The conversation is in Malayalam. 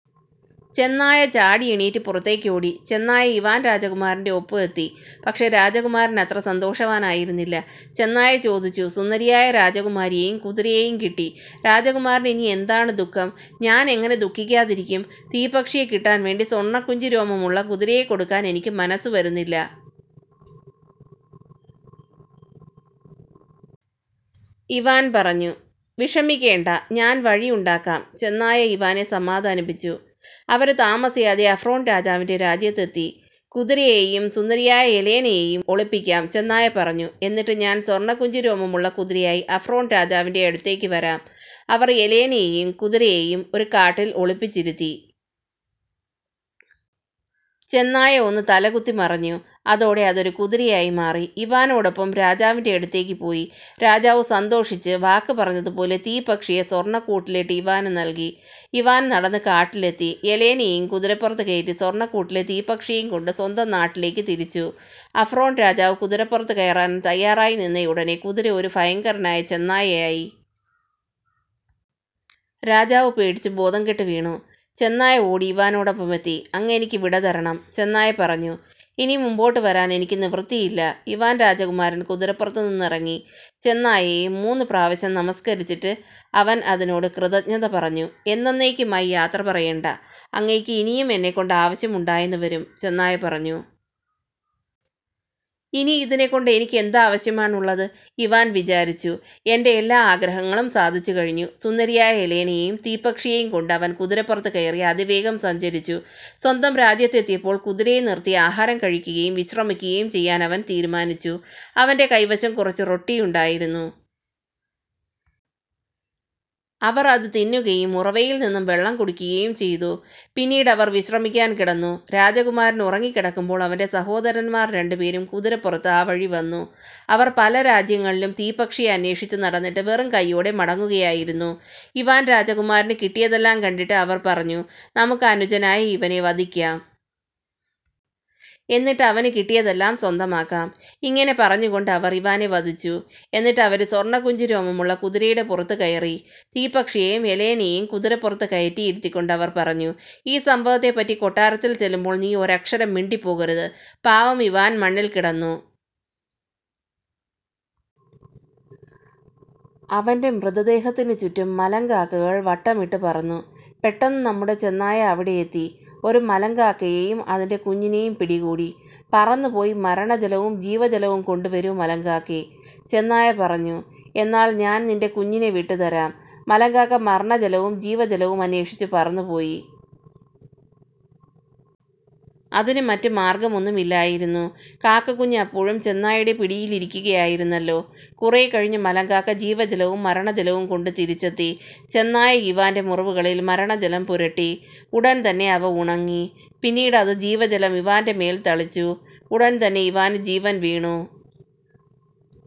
ചെന്നായ ചാടിയെണീററ് പുറത്തേക്കോടി. ചെന്നായ ഇവാന് രാജകമാരന്റെ ഒപ്പം എത്തി. പക്ഷേ രാജകുമാരന് അത്ര സന്തോഷവാനായിരുന്നില്ല. ചെന്നായ ചോദിച്ചു: "സുന്ദരിയായ രാജകുമാരിയെയും, കുതിരയെയും കിട്ടി. രാജകുമാരന് ഇനി എന്താണു ദുഃഖം? " "ഞാന് എങ്ങിനെ ദുഃഖിക്കാതിരിക്കും? തീപ്പക്ഷിയെ കിട്ടാന് വേണ്ടി സ്വര്ണ്ണുക്കുഞ്ചി രോമമുള്ള കുതിരയെ കൊടുക്കാന് എനിക്കു മനസ്സു വരുന്നില്ല. " ഇവാന് പറഞ്ഞു "വിഷമിക്കേണ്ട, ഞാന് വഴിയുണ്ടാക്കാം,'' ചെന്നായ ഇവാനെ സമാധാനിപ്പിച്ചു. അവര് താമസിയാതെ അഫ്റോണ് രാജാവിന്റെ രാജ്യത്തെത്തി. "കുതിരയേയും സുന്ദരിയായ യെലേനയേയും ഒളിപ്പിക്കാം," ചെന്നായ പറഞ്ഞു. "എന്നിട്ട് ഞാന് സ്വര്ണ്ണക്കുഞ്ചി രോമമുള്ള കുതിരയായി അഫ്റോണ് രാജാവിന്റെ യടുത്തേക്കു വരാം. " അവര് യെലേനയേയയം കുതിരയേയും ഒരു കാട്ടില് ഒളിപ്പിച്ചിരുത്തി. ചെന്നായ ഒന്നു തലകത്തിമറിഞ്ഞു. അതോടെ അതൊരു കുതിരയായി മാറി, ഇവാനോടൊപ്പം രാജാവിന്റെയടുത്തേക്കു പോയി. രാജാവു സന്തോഷിച്ച് വാക്ക് പറഞ്ഞത് പോലെ തീപ്പക്ഷിയെ സ്വര്ണ്ണക്കൂട്ടിലിട്ടു ഇവാനു നല്കി. ഇവാന് നടന്നു കാട്ടിലെത്തി യെലേനയെ കുതിരപ്പുറത്തു കയറ്റി സ്വര്ണ്ണക്കൂടിലെ തീപ്പക്ഷിയേയുകൊണ്ടു സ്വന്തം നാട്ടിലേക്കു തിരിച്ചു. അഫറോണ് രാജാവു കുതിരപ്പുറത്തുകയറാന് തയ്യാറായിനിന്നയുടന് കുതിര ഒരു ഭയങ്കരനായ ചെന്നായായി. രാജാവു പേടിച്ചു ബോധംകെട്ട് വീണു. ചെന്നായ ഓടി ഇവാനോടൊപ്പം എത്തി. "അങ്ങേണിയ്ക്ക് വിട തരണം. " ചെന്നായ പറഞ്ഞു. "ഇനി മുമ്പോട്ടു വരാന് എനിക്കു നിവൃത്തിയില്ല. " ഇവാന് രാജകുമാരന് കുതിരപ്പുറത്തുനിന്നിറങ്ങി. ചെന്നായയെ മൂന്നുപ്രാവശ്യം നമസ്കരിച്ചിട്ട് അവന് അതിനോടു കൃതജ്ഞത പറഞ്ഞു. "എന്നെന്നേയ്ക്കുമായി യാത്രപറയേണ്ട. അങ്ങേയ്ക്ക് ഇനിയും എന്നെക്കൊണ്ട് ആവശ്യമുണ്ടായെന്നു വരും," ചെന്നായ പറഞ്ഞു. "ഇനി ഇതിനെക്കൊണ്ട് എനിയ്ക്ക് എന്താവശ്യമാണുള്ളത്? " ഇവാന് വിചാരിച്ചു. "എന്റെ എല്ലാ ആഗ്രഹങ്ങളും സാധിച്ചുകഴിഞ്ഞു. " സുന്ദരിയായ യെലേനയേയും തീപ്പക്ഷിയേയുംകൊണ്ടു് അവന് കുതിരപ്പുറത്തു കയറി അതിവേഗം സഞ്ചരിച്ചു. സ്വന്തം രാജ്യത്തെത്തിയപ്പോള് കുതിരയെ നിര്ത്തി ആഹാരം കഴിക്കുകയും വിശ്രമിക്കുകയും ചെയ്യാന് അവന് തീരുമാനിച്ചു. അവന്റെ കൈവശം കുറച്ചു റൊട്ടിയുണ്ടായിരുന്നു. അവര് അതു തിന്നുകയും ഉറവയില്നിന്നു വെള്ളം കുടിക്കുകയും ചെയ്ത. പിന്നീട് അവര് വിശ്രമിക്കാന് കിടന്നു. രാജകമാരന് ഉറങ്ങിക്കിടക്കുമ്പോള് അവന്റെ സഹോദരന്മാര് രണ്ടുപേരും കുതിരപ്പുറത്ത് ആ വഴി വന്നു. അവര് പല രാജ്യങ്ങളിലും തീപ്പക്ഷിയെ അന്വേഷിച്ചു നടന്നിട്ട് വെറും കയ്യോടെ മടങ്ങുകയായിരുന്നു. ഇവാന് രാജകുമാരന് കിട്ടിയതെല്ലാം കണ്ടിട്ട് അവര് പറഞ്ഞു: "നമൂക്ക് അനുജനായ ഇവാനെ വധിക്കാം. എന്നിട്ട് അവനു കിട്ടിയതെല്ലാം സ്വന്തമാക്കാം. " ഇങ്ങിനെ പറഞ്ഞുകൊണ്ട് അവര് ഇവാനെ വധിച്ചു. എന്നിട്ട് അവര് സ്വര്ണ്ണക്കുഞ്ചിരോമമുള്ള കുതിരയുടെ പുറത്തു കയറി. തീപ്പക്ഷിയേയയം യെലേനയേയും കുതിരപ്പുറത്തു കയററി ഇരുത്തിക്കൊണ്ട് അവര് പറഞ്ഞു: "ഈ സംഭവത്തെപ്പറ്റി കൊട്ടാരത്തില് ചെല്ലുമ്പോള് നീ ഒരക്ഷരം മിണ്ടിപ്പോകരുത്! " പാവം ഇവാന് മണ്ണില്ക്കിടന്നു. അവന്റെ മൃതദേഹത്തിനു ചുററും മലങ്കാക്കകള് വട്ടമിട്ടു പറന്നു. പെട്ടെന്നു നമ്മുടെ ചെന്നായ അവിടെയെത്തി ഒരു മലങ്കാക്കയേയയം അതിന്റെ കുഞ്ഞിനേയും പിടികൂടി. "പറന്നുപോയി മരണജലവും ജീവജലവും കൊണ്ടുവരൂ മലങ്കാക്കേ. " ചെന്നായ പറഞ്ഞു. "എന്നാല് ഞാന് നിന്റെ കുഞ്ഞിനെ വിട്ടുതരാം. " മലങ്കാക്ക മരണജലവും ജീവജലവും അന്വേഷിച്ചു പറന്നു പോയി. അതിനു മററു മാര്ഗ്ഗമൊന്നുമില്ലായിരുന്നു കാക്കക്കുഞ്ഞ് അപ്പോഴും ചെന്നായുടെ പിടിയിലിരിക്കുകയായിരുന്നല്ലോ. കുറേക്കഴിഞ്ഞു മലങ്കാക്ക ജീവജലവും മരണജലവുംകൊണ്ടു തിരിച്ചെത്തി. ചെന്നായ ഇവാന്റെ മുറിവുകളില് മരണജലം പുരട്ടി. ഉടന് തന്നെ അവ ഉണങ്ങി. പിന്നീട് അതു ജീവജലം ഇവാന്റെ മേല് തളിച്ചു. ഉടന്തന്നെ ഇവാന് ജീവന് വീണു.